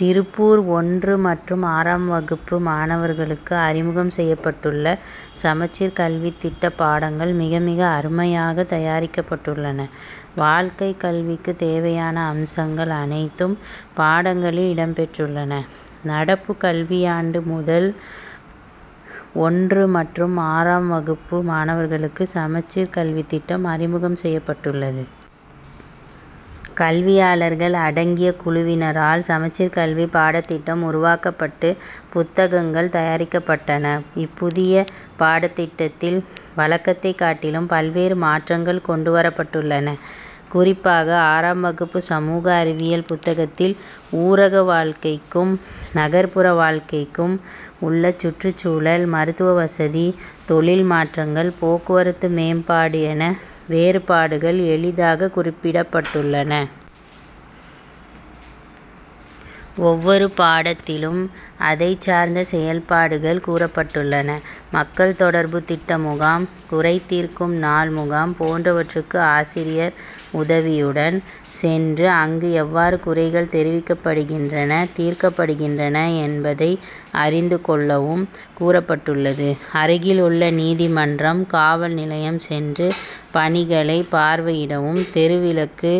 திருப்பூர் ஒன்று மற்றும் ஆறாம் வகுப்பு மாணவர்களுக்கு அறிமுகம் செய்யப்பட்டுள்ள, சமச்சீர் கல்வித்திட்ட பாடங்கள் மிக, மிக அருமையாக தயாரிக்கப்பட்டுள்ளன. வாழ்க்கை கல்விக்கு தேவையான அம்சங்கள் அனைத்தும், பாடங்களில் இடம் பெற்றுள்ளன. நடப்பு கல்வியாண்டு முதல் ஒன்று மற்றும் ஆறாம் வகுப்பு மாணவர்களுக்கு சமச்சீர் கல்வித்திட்டம் அறிமுகம் செய்யப்பட்டுள்ளது. கல்வியாளர்கள் அடங்கிய குழுவினரால், சமச்சீர் கல்வி பாடத்திட்டம் உருவாக்கப்பட்டு, புத்தகங்கள் தயாரிக்கப்பட்டன. இப்புதிய பாடத்திட்டத்தில், வழக்கத்தை காட்டிலும் பல்வேறு மாற்றங்கள் கொண்டு வரப்பட்டுள்ளன. குறிப்பாக, ஆறாம் வகுப்பு சமூக அறிவியல் புத்தகத்தில் ஊரக வாழ்க்கைக்கும், நகர்ப்புற வாழ்க்கைக்கும் உள்ள சுற்றுச்சூழல், மருத்துவ வசதி, தொழில் மாற்றங்கள், போக்குவரத்து மேம்பாடு என வேறுபாடுகள் எளிதாக குறிப்பிடப்பட்டுள்ளன. ஒவ்வொரு பாடத்திலும், அதைச்சார்ந்த செயல்பாடுகள் கூறப்பட்டுள்ளன. மக்கள் தொடர்பு திட்ட முகாம், குறைதீர்க்கும் நாள் முகாம் போன்றவற்றுக்கு ஆசிரியர் உதவியுடன் சென்று அங்கு எவ்வாறு குறைகள் தெரிவிக்கப்படுகின்றன, தீர்க்கப்படுகின்றன என்பதை அறிந்து கொள்ளவும் கூறப்பட்டுள்ளது. அருகில் உள்ள நீதிமன்றம், காவல் நிலையம் சென்று பணிகளை பார்வையிடவும், தெருவிளக்கு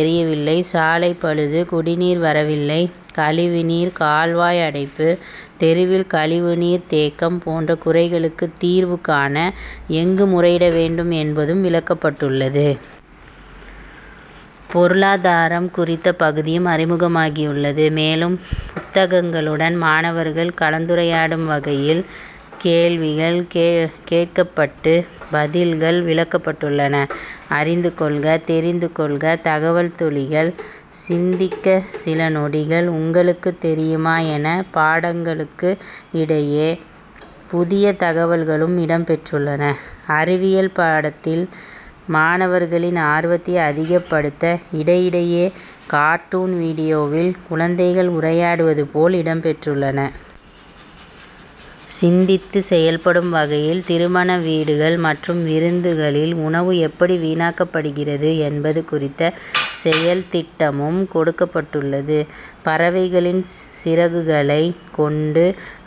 எரியவில்லை, சாலை பழுது, குடிநீர் வரவில்லை, கழிவு நீர் கால்வாய் அடைப்பு, தெருவில் கழிவு நீர் தேக்கம் போன்ற குறைகளுக்கு தீர்வு காண, எங்கு முறையிட வேண்டும் என்பதும் விளக்கப்பட்டுள்ளது. பெருளாதாரம் குறித்த பகுதியும் அறிமுகமாகியுள்ளது. மேலும், புத்தகங்களுடன் மாணவர்கள் கலந்துரையாடும் வகையில், கேள்விகள் கேட்கப்பட்டு பதில்கள் விளக்கப்பட்டுள்ளன. அறிந்து கொள்க, தெரிந்து கொள்க, தகவல் துளிகள், சிந்திக்க சில நொடிகள், உங்களுக்கு தெரியுமா என பாடங்களுக்கு இடையே புதிய தகவல்களும் இடம் பெற்றுள்ளன. அறிவியல் பாடத்தில், மாணவர்களின் ஆர்வத்தை அதிகப்படுத்த இடையிடையே கார்ட்டூன், வீடியோவில் குழந்தைகள் உரையாடுவது போல் இடம் பெற்றுள்ளன. சிந்தித்து செயல்படும் வகையில், திருமண வீடுகள் மற்றும் விருந்துகளில் உணவு எப்படி வீணாக்கப்படுகிறது என்பது குறித்த செயல் திட்டமும் கொடுக்கப்பட்டுள்ளது. பறவைகளின் சிறகுகளை கொண்டு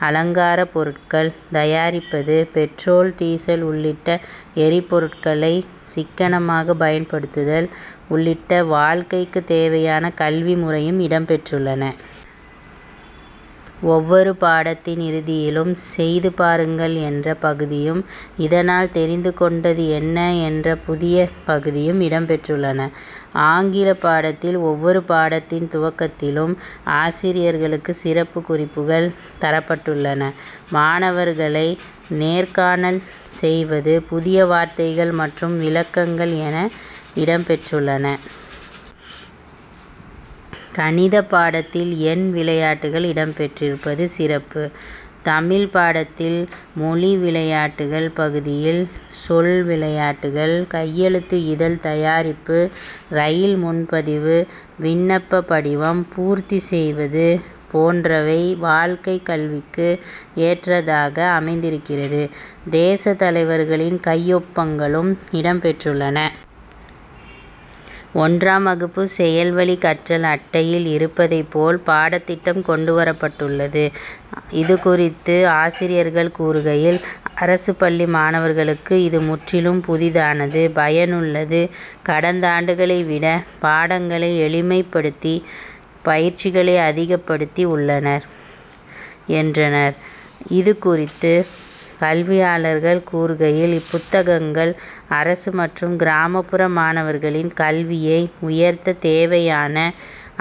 அலங்கார பொருட்கள் தயாரிப்பது, பெட்ரோல், டீசல் உள்ளிட்ட எரிபொருட்களை சிக்கனமாக பயன்படுத்துதல் உள்ளிட்ட வாழ்க்கைக்கு தேவையான கல்வி முறையும் இடம் பெற்றுள்ளன. ஒவ்வொரு பாடத்தின் இறுதியிலும், செய்து பாருங்கள் என்ற பகுதியும், இதனால் தெரிந்து கொண்டது என்ன என்ற புதிய பகுதியும் இடம் பெற்றுள்ளன. ஆங்கிலப் பாடத்தில், ஒவ்வொரு பாடத்தின் துவக்கத்திலும் ஆசிரியர்களுக்கு சிறப்பு குறிப்புகள் தரப்பட்டுள்ளன. மாணவர்களை நேர்காணல் செய்வது, புதிய வார்த்தைகள் மற்றும் விளக்கங்கள் என இடம் பெற்றுள்ளன. கணித பாடத்தில், எண் விளையாட்டுகள் இடம் பெற்றிருப்பது சிறப்பு. தமிழ் பாடத்தில், மொழி விளையாட்டுகள் பகுதியில், சொல் விளையாட்டுகள், கையெழுத்து இதழ் தயாரிப்பு, ரயில் முன்பதிவு விண்ணப்ப படிவம் பூர்த்தி செய்வது போன்றவை வாழ்க்கை கல்விக்கு ஏற்றதாக அமைந்திருக்கிறது, தேச தலைவர்களின் கையொப்பங்களும் இடம் பெற்றுள்ளன. ஒன்றாம் வகுப்பு செயல்வழி கற்றல் அட்டையில் இருப்பதை போல், பாடத்திட்டம் கொண்டு வரப்பட்டுள்ளது. இதுகுறித்து ஆசிரியர்கள் கூறுகையில், அரசு பள்ளி மாணவர்களுக்கு இது முற்றிலும் புதிதானது, பயனுள்ளது. கடந்தாண்டுகளை விட, பாடங்களை எளிமைப்படுத்தி, பயிற்சிகளை அதிகப்படுத்தி உள்ளனர், என்றனர். இதுகுறித்து கல்வியாளர்கள் கூறுகையில், இப்புத்தகங்கள், அரசு மற்றும் கிராமப்புற மாணவர்களின் கல்வியை உயர்த்த தேவையான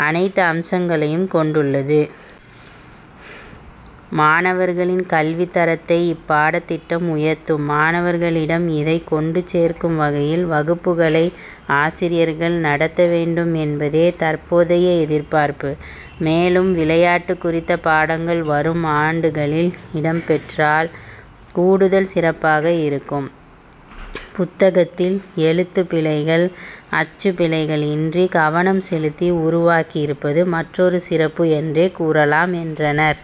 அனைத்து அம்சங்களையும் கொண்டுள்ளது. மாணவர்களின் கல்வி தரத்தை இப்பாடத்திட்டம் உயர்த்தும். மாணவர்களிடம் இதை கொண்டு சேர்க்கும் வகையில் வகுப்புகளை ஆசிரியர்கள் நடத்த வேண்டும் என்பதே தற்போதைய எதிர்பார்ப்பு. மேலும், விளையாட்டு குறித்த பாடங்கள் வரும் ஆண்டுகளில் இடம் பெற்றால், கூடுதல் சிறப்பாக இருக்கும். புத்தகத்தில், எழுத்து பிழைகள், அச்சு பிழைகள் இன்றி, கவனம் செலுத்தி உருவாக்கி இருப்பது, மற்றொரு சிறப்பு என்றே கூறலாம், என்றனர்.